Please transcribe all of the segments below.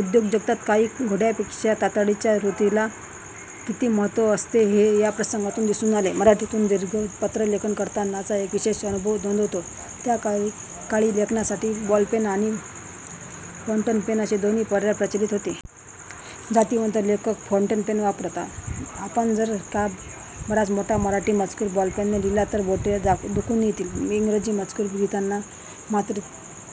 उद्योग जगतात कागदी घोड्यांपेक्षा तातडीच्या कृतीला किती महत्व असते, हे या प्रसंगातून दिसून आले. मराठीतून दीर्घ पत्रलेखन करतानाचा एक विशेष अनुभव नोंदवतो. त्या काळी लेखनासाठी बॉलपेन आणि फौंटनपेन असे दोन्ही पर्याय प्रचलित होते. जातिवंत लेखक फौंटनपेन वापरत. आपण जर का बराच मोठा मराठी मजकूर बॉलपेनने लिहिला तर बोटे दुखून येत. इंग्रजी मजकूर लिहिताना मात्र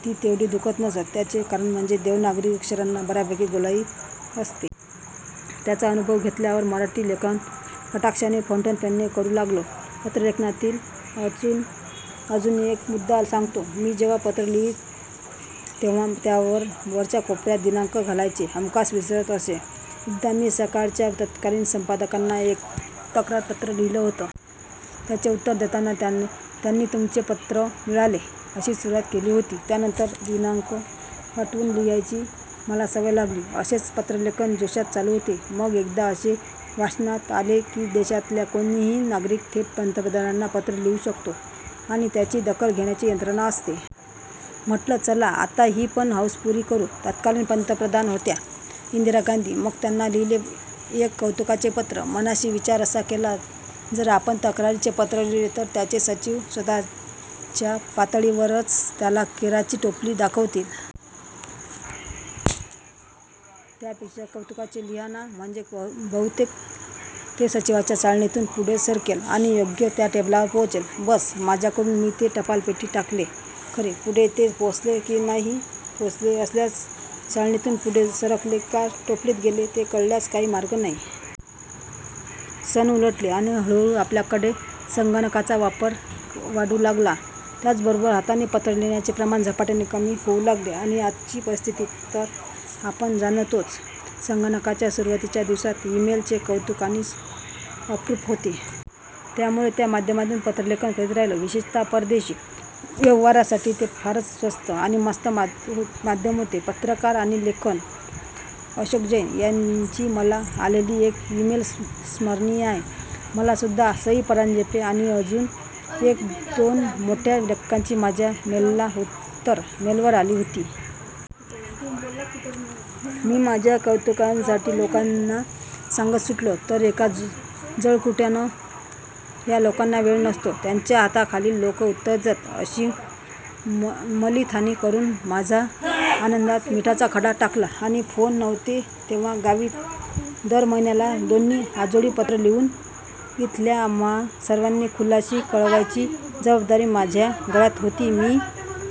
ती तेवढी दुखत नसत. याचे कारण म्हणजे देवनागरी अक्षरांना बऱ्यापैकी गोलाई असते. याचा अनुभव घेतल्यावर मराठी लेखन कटाक्षाने फौंटनपेनने करू लागलो. पत्रलेखनातील अजून एक मुद्दा सांगतो. मी जेव्हा पत्र लिही तेव्हा त्यावर वरच्या कोपऱ्यात दिनांक घालायचे हमखास विसरत असे. एकदा मी 'सकाळ' च्या तत्कालीन संपादकांना एक तक्रारपत्र लिहीले होते. त्याचे उत्तर देताना त्यांनी "तुमचे पत्र मिळाले.. " अशी सुरवात केली होती. त्यानंतर दिनांक हटकून लिहायची मला सवय लागली. असेच पत्रलेखन जोशात चालू होते. मग एकदा असे वाचनात आले की देशातला कोणीही नागरिक थेट पंतप्रधानांना पत्र लिहू शकतो आणि त्याची दखल घेण्याची यंत्रणा असते. म्हटलं, चला आता ही पण हौस पुरी करू. तत्कालीन पंतप्रधान होत्या इंदिरा गांधी. मग त्यांना लिहीले एक कौतुकाचे पत्र. मनाशी विचार असा केला. जर आपण तक्रारीचे पत्र लिहीले तर त्यांचे सचिव स्वतःच्या पातळीवरच त्याला केराची टोपली दाखवतील! त्यापेक्षा कौतुकाचेच लिहा ना, म्हणजे बहुतेक ते सचिवांच्या चाळणीतून पुढे सरकेल आणि योग्य त्या टेबलावर पोहोचेल. बस्स, माझ्याकडून मी ते टपालपेटीत टाकले खरे. पुढे ते पोचले की नाही, पोचले असल्यास चाळणीतून पुढे सरकले का टोपलीत गेले हे कळण्यास काही मार्ग नाही. सन उलटले आणि हळूहळू आपल्याकडे संगणकाचा वापर वाढू लागला. त्याचबरोबर हाताने पत्र लिहिण्याचे प्रमाण झपाट्याने कमी होऊ लागले आणि आजची परिस्थिती तर आपण जाणतोच. संगणकाच्या सुरवातीच्या दिवसात 'इ-मेल' चे कौतुक आणि अप्रूप होते. त्यामुळे त्या माध्यमातून पत्रलेखन करीत राहिलो. विशेषतः परदेशी पत्रव्यवहारासाठी ते फारच स्वस्त आणि मस्त माध्यम होते. पत्रकार आणि लेखक अशोक जैन यांची मला आलेली एक इ-मेल संस्मरणीय आहे. मला सुद्धा सई परांजपे, आणि अजून एक दोन मोठ्या लेखकांची माझ्या मेलला उत्तरं मेलवर आली होती. मी माझ्या कौतुकासाठी लोकांना सांगत सुटलो. तर एका जळकुट्यानं " या लोकांना वेळ नसतो, त्यांच्या हाताखालील लोकं उत्तर देतात" अशी मल्लीनाथी करून माझ्या आनंदात मिठाचा खडा टाकला. आधी फोन नव्हते तेव्हा गावी दर महिन्याला दोन्ही आजोळी पत्र लिहून इथल्या आम्हा सर्वांची खुशाली कळवायची जबाबदारी माझया गळ्यात होती. मी